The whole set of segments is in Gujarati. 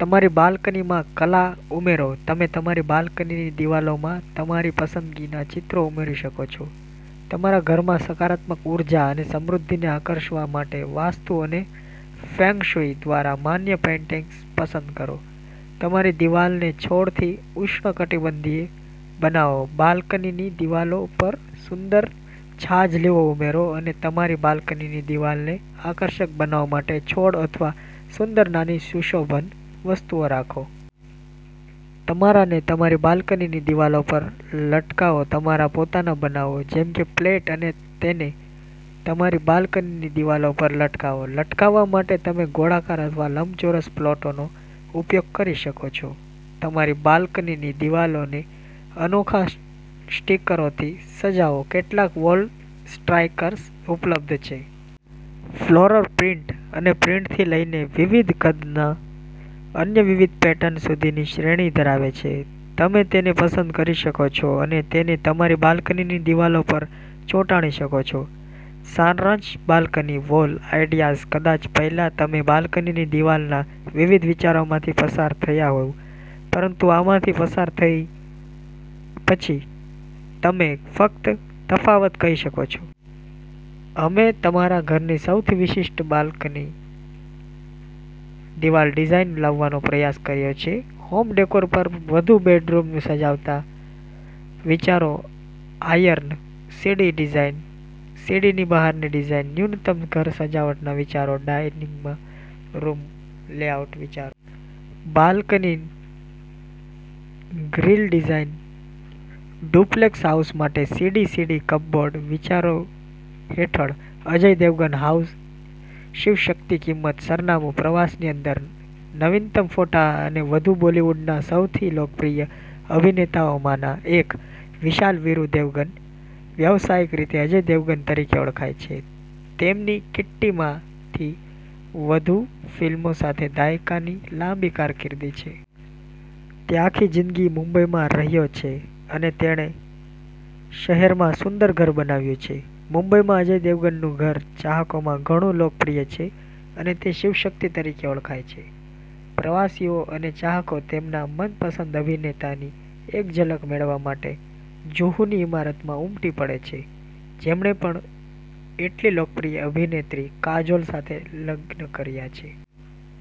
તમારી બાલ્કનીમાં કલા ઉમેરો. તમે તમારી બાલ્કની દિવાલોમાં તમારી પસંદગીના ચિત્રો ઉમેરી શકો છો. તમારા ઘરમાં સકારાત્મક ઉર્જા અને સમૃદ્ધિને આકર્ષવા માટે વાસ્તુ અને ફેંગશુઈ દ્વારા માન્ય પેઇન્ટિંગ્સ પસંદ કરો. તમારી દિવાલને છોડથી ઉષ્ણકટિબંધીય બનાવો. બાલ્કનીની દિવાલો પર સુંદર છાજલીઓ ઉમેરો અને તમારી બાલ્કનીની દિવાલને આકર્ષક બનાવવા માટે છોડ અથવા સુંદર નાની સુશોભન વસ્તુઓ રાખો. તમારા ને તમારી બાલ્કનીની દિવાલો પર લટકાવો. તમારા પોતાના બનાવો, જેમ કે પ્લેટ અને તેને તમારી બાલ્કનીની દિવાલો પર લટકાવો. લટકાવવા માટે તમે ગોળાકાર અથવા લંબચોરસ પ્લોટોનો ઉપયોગ કરી શકો છો. તમારી બાલ્કનીની દિવાલોને અનોખા સ્ટીકરોથી સજાવો. કેટલાક વોલ સ્ટ્રાઈકર્સ ઉપલબ્ધ છે. ફ્લોરલ પ્રિન્ટ અને પ્રિન્ટથી લઈને વિવિધ કદના અન્ય વિવિધ પેટર્ન સુધીની શ્રેણી ધરાવે છે. તમે તેને પસંદ કરી શકો છો અને તેને તમારી બાલ્કનીની દિવાલો પર ચોંટાડી શકો છો. સારાંશબાલ્કની વોલ આઇડિયાઝ કદાચ પહેલાં તમે બાલ્કનીની દિવાલના વિવિધ વિચારોમાંથી પસાર થયા હોવ પરંતુ આમાંથી પસાર થઈ પછી તમે ફક્ત તફાવત કહી શકો છો. અમે તમારા ઘરની સૌથી વિશિષ્ટ બાલ્કની દિવાલ ડિઝાઇન લાવવાનો પ્રયાસ કર્યો છે. હોમ ડેકોર પર વધુ બેડરૂમ સજાવતા વિચારો આયર્ન સીડી ડિઝાઇન સીડીની બહારની ડિઝાઇન ન્યૂનતમ ઘર સજાવટના વિચારો ડાઇનિંગમાં રૂમ લેઆઉટ વિચારો balcony grill design duplex house માટે સીડી સીડી કપબોર્ડ વિચારો હેઠળ અજય દેવગન હાઉસ શિવશક્તિકિંમત, સરનામું, પ્રવાસની અંદર, નવીનતમ ફોટા અને વધુ બોલિવૂડના સૌથી લોકપ્રિય અભિનેતાઓમાંના એક, વિશાલ વીરુ દેવગન, વ્યવસાયિક રીતે અજય દેવગન તરીકે ઓળખાય છે, તેમની કિટ્ટીમાં થી વધુ ફિલ્મો સાથે દાયકાની લાંબી કારકિર્દી છે. તે આખી જીંદગી મુંબઈમાં રહ્યો છે અને તેણે શહેરમાં સુંદર ઘર બનાવ્યું છે. મુંબઈમાં અજય દેવગનનું ઘર ચાહકોમાં ઘણું લોકપ્રિય છે અને તે 'શિવશક્તિ' તરીકે ઓળખાય છે. પ્રવાસીઓ અને ચાહકો તેમના મનપસંદ અભિનેતાની એક ઝલક મેળવવા માટે જુહુનીઇમારતમાં ઉમટી પડે છે, જેમણે પણ એટલીલોકપ્રિય અભિનેત્રી, કાજોલ સાથે લગ્ન કર્યા છે.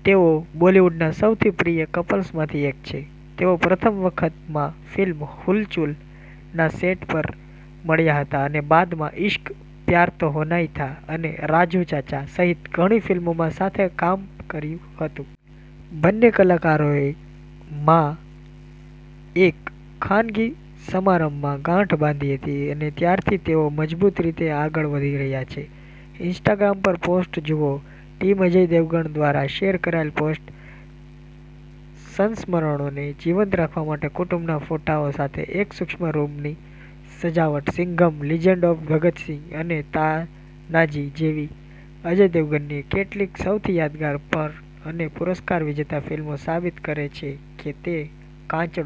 તેઓ બોલિવૂડના સૌથી પ્રિય કપલ્સમાંથી એક છે. તેઓ પ્રથમ વખત માં ફિલ્મ "હુલચુલ" ના સેટ પર મળ્યા હતા અને બાદમાં "ઇશ્ક," "પ્યાર તો હોના હી થા," અને "રાજુ ચાચા" સહિત ઘણી ફિલ્મોમાં સાથે કામ કર્યું હતું. બંને કલાકારોએ માં એક ખાનગી સમારંભમાં ગાંઠ બાંધી હતી અને ત્યારથી તેઓ મજબૂત રીતે આગળ વધી રહ્યા છે. ઇન્સ્ટાગ્રામ પરપોસ્ટ જુઓ ટીમ અજય દેવગણ દ્વારા શેર કરાયેલ પોસ્ટ સંસ્મરણોને જીવંત રાખવા માટે કુટુંબના ફોટાઓ સાથે એક સૂક્ષ્મ રૂમની સજાવટ સિંઘમ, લિજેન્ડ ઓફ ભગત સિંહ અને તાનાજી જેવી અજવ દેવગનની કેટલીક સૌથી યાદગાર પર અને પુરસ્કાર વિજેતા ફિલ્મો સાબિત કરે છે કે તે કાચડ